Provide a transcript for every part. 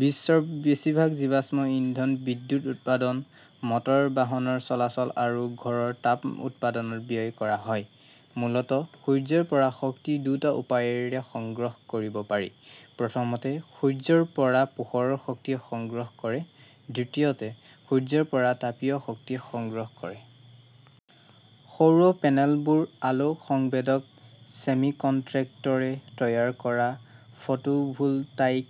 বিশ্বৰ বেছিভাগ জীৱাশ্ম ইন্ধন বিদ্যুৎ উৎপাদন, মটৰ বাহনৰ চলাচল আৰু ঘৰৰ তাপ উৎপাদনত ব্যয় কৰা হয়। মূলতঃ সূৰ্যৰ পৰা শক্তি দুটা উপায়েৰে সংগ্ৰহ কৰিব পাৰি। প্ৰথমতে, সূৰ্যৰ পৰা পোহৰৰ শক্তি সংগ্ৰহ কৰে, দ্বিতীয়তে, সূৰ্যৰ পৰা তাপীয় শক্তি সংগ্ৰহ কৰে। সৌৰ পেনেলবোৰ আলোক সংবেদক ছেমিকনট্ৰেক্টৰে তৈয়াৰ কৰা ফটোভোলটাইক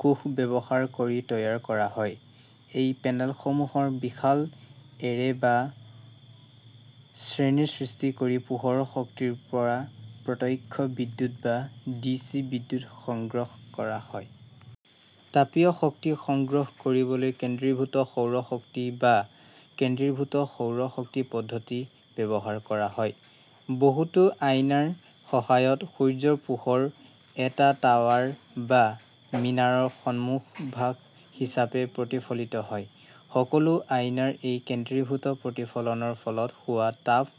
কোষ ব্যৱহাৰ কৰি তৈয়াৰ কৰা হয়। এই পেনেলসমূহৰ বিশাল এৰে বা শ্ৰেণী সৃষ্টি কৰি পোহৰৰ শক্তিৰ পৰা প্ৰত্যক্ষ বিদ্যুৎ বা ডিচি বিদ্যুৎ সংগ্ৰহ কৰা হয়। তাপীয় শক্তি সংগ্ৰহ কৰিবলৈ কেন্দ্ৰীভূত সৌৰ শক্তি বা ''কেন্দ্ৰীভূত সৌৰ শক্তি পদ্ধতি "ব্যৱহাৰ কৰা হয়। বহুতো আইনাৰ সহায়ত সূৰ্যৰ পোহৰ এটা টাৱাৰ বা মিনাৰৰ সন্মুখভাগ হিচাপে প্ৰতিফলিত হয়। সকলো আইনাৰ এই কেন্দ্ৰীভূত প্ৰতিফলনৰ ফলত হোৱা তাপ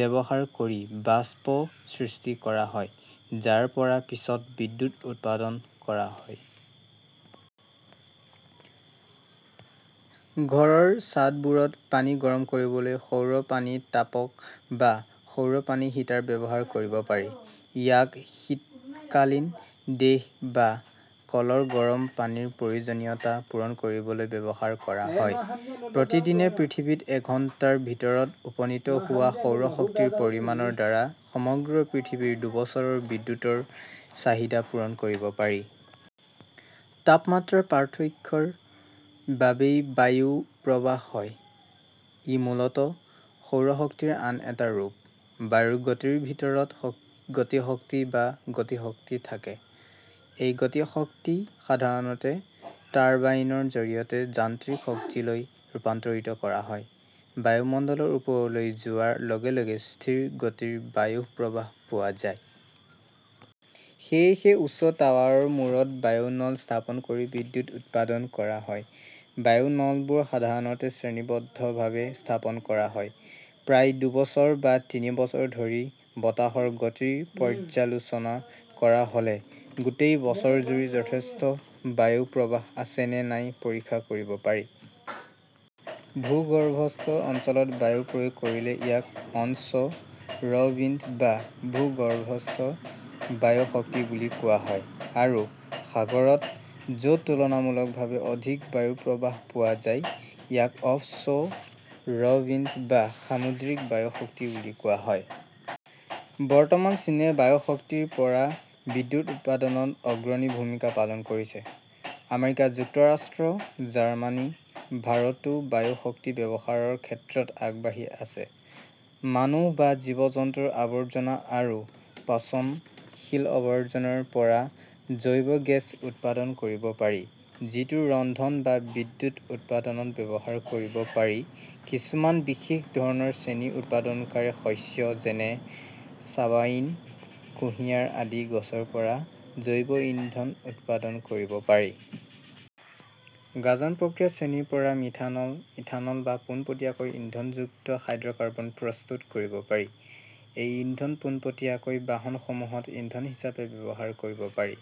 ব্যৱহাৰ কৰি বাষ্প সৃষ্টি কৰা হয়, যাৰ পৰা পিছত বিদ্যুৎ উৎপাদন কৰা হয়। ঘৰৰ ছাদবোৰত পানী গৰম কৰিবলৈ সৌৰ-পানী-তাপক বা সৌৰ পানী হিটাৰ ব্যৱহাৰ কৰিব পাৰি। ইয়াক শীতকালীন দেশ বা কলৰ গৰম পানীৰ প্ৰয়োজনীয়তা পূৰণ কৰিবলৈ ব্যৱহাৰ কৰা হয়। প্ৰতিদিনে পৃথিৱীত এঘণ্টাৰ ভিতৰত উপনীত হোৱা সৌৰ শক্তিৰ পৰিমাণৰ দ্বাৰা সমগ্ৰ পৃথিৱীৰ দুবছৰৰ বিদ্যুৎৰ চাহিদা পূৰণ কৰিব পাৰি। তাপমাত্ৰাৰ পাৰ্থক্যৰ বাবেই বায়ু প্ৰবাহ হয়। ই মূলতঃ সৌৰ শক্তিৰ আন এটা ৰূপ। বায়ুৰ গতিৰ ভিতৰত গতিশক্তি বা গতিশক্তি থাকে। এই গতিশক্তি সাধাৰণতে টাৰ্বাইনৰ জৰিয়তে যান্ত্ৰিক শক্তিলৈ ৰূপান্তৰিত কৰা হয়। বায়ুমণ্ডলৰ ওপৰলৈ যোৱাৰ লগে লগে স্থিৰ গতিৰ বায়ু প্ৰবাহ পোৱা যায়। সেয়েহে উচ্চ টাৱাৰৰ মূৰত বায়ু নল স্থাপন কৰি বিদ্যুৎ উৎপাদন কৰা হয়। বায়ু নলবোৰ সাধাৰণতে শ্ৰেণীবদ্ধভাৱে স্থাপন কৰা হয়। প্ৰায় দুবছৰ বা তিনি বছৰ ধৰি বতাহৰ গতিৰ পৰ্যালোচনা কৰা হ'লে গোটেই বছৰজুৰি যথেষ্ট বায়ু প্ৰৱাহ আছে নে নাই পৰীক্ষা কৰিব পাৰি। ভূগৰ্ভস্থ অঞ্চলত বায়ু প্ৰয়োগ কৰিলে ইয়াক অন-শ্ব "ৰ-ৱিণ্ড বা ভূগৰ্ভস্থ বায়ু শক্তি বুলি কোৱা হয় আৰু সাগৰত, য'ত তুলনামূলকভাৱে অধিক বায়ু প্ৰৱাহ পোৱা যায়, ইয়াক অফ-শ্ব' ৰ-ৱিণ্ড বা সামুদ্ৰিক বায়ু শক্তি বুলি কোৱা হয়। বৰ্তমান চীনে বায়ু শক্তিৰ পৰা বিদ্যুৎ উৎপাদনত অগ্ৰণী ভূমিকা পালন কৰিছে। আমেৰিকা যুক্তৰাষ্ট্ৰ, জাৰ্মানী, ভাৰতো বায়ু শক্তি ব্যৱহাৰৰ ক্ষেত্ৰত আগবাঢ়ি আছে। মানুহ বা জীৱ-জন্তুৰ আৱৰ্জনা আৰু পচনশীল আৱৰ্জনাৰ পৰা জৈৱ গেছ উৎপাদন কৰিব পাৰি, যিটো ৰন্ধন বা বিদ্যুৎ উৎপাদনত ব্যৱহাৰ কৰিব পাৰি-কিছুমান বিশেষ ধৰণৰ চেনী উৎপাদনকাৰী শস্য; যেনেঃ ছাৱাইন, কুঁহিয়াৰ আদি গছৰ পৰা জৈৱ ইন্ধন উৎপাদন কৰিব পাৰি। গাঁজন প্ৰক্ৰিয়াত চেনিৰ পৰা মিথানল, ইথানল বা পোনপটীয়াকৈ ইন্ধনযুক্ত হাইড্ৰ কাৰ্বন প্ৰস্তুত কৰিব পাৰি। এই ইন্ধন পোনপটীয়াকৈ বাহনসমূহত ইন্ধন হিচাপে ব্যৱহাৰ কৰিব পাৰি।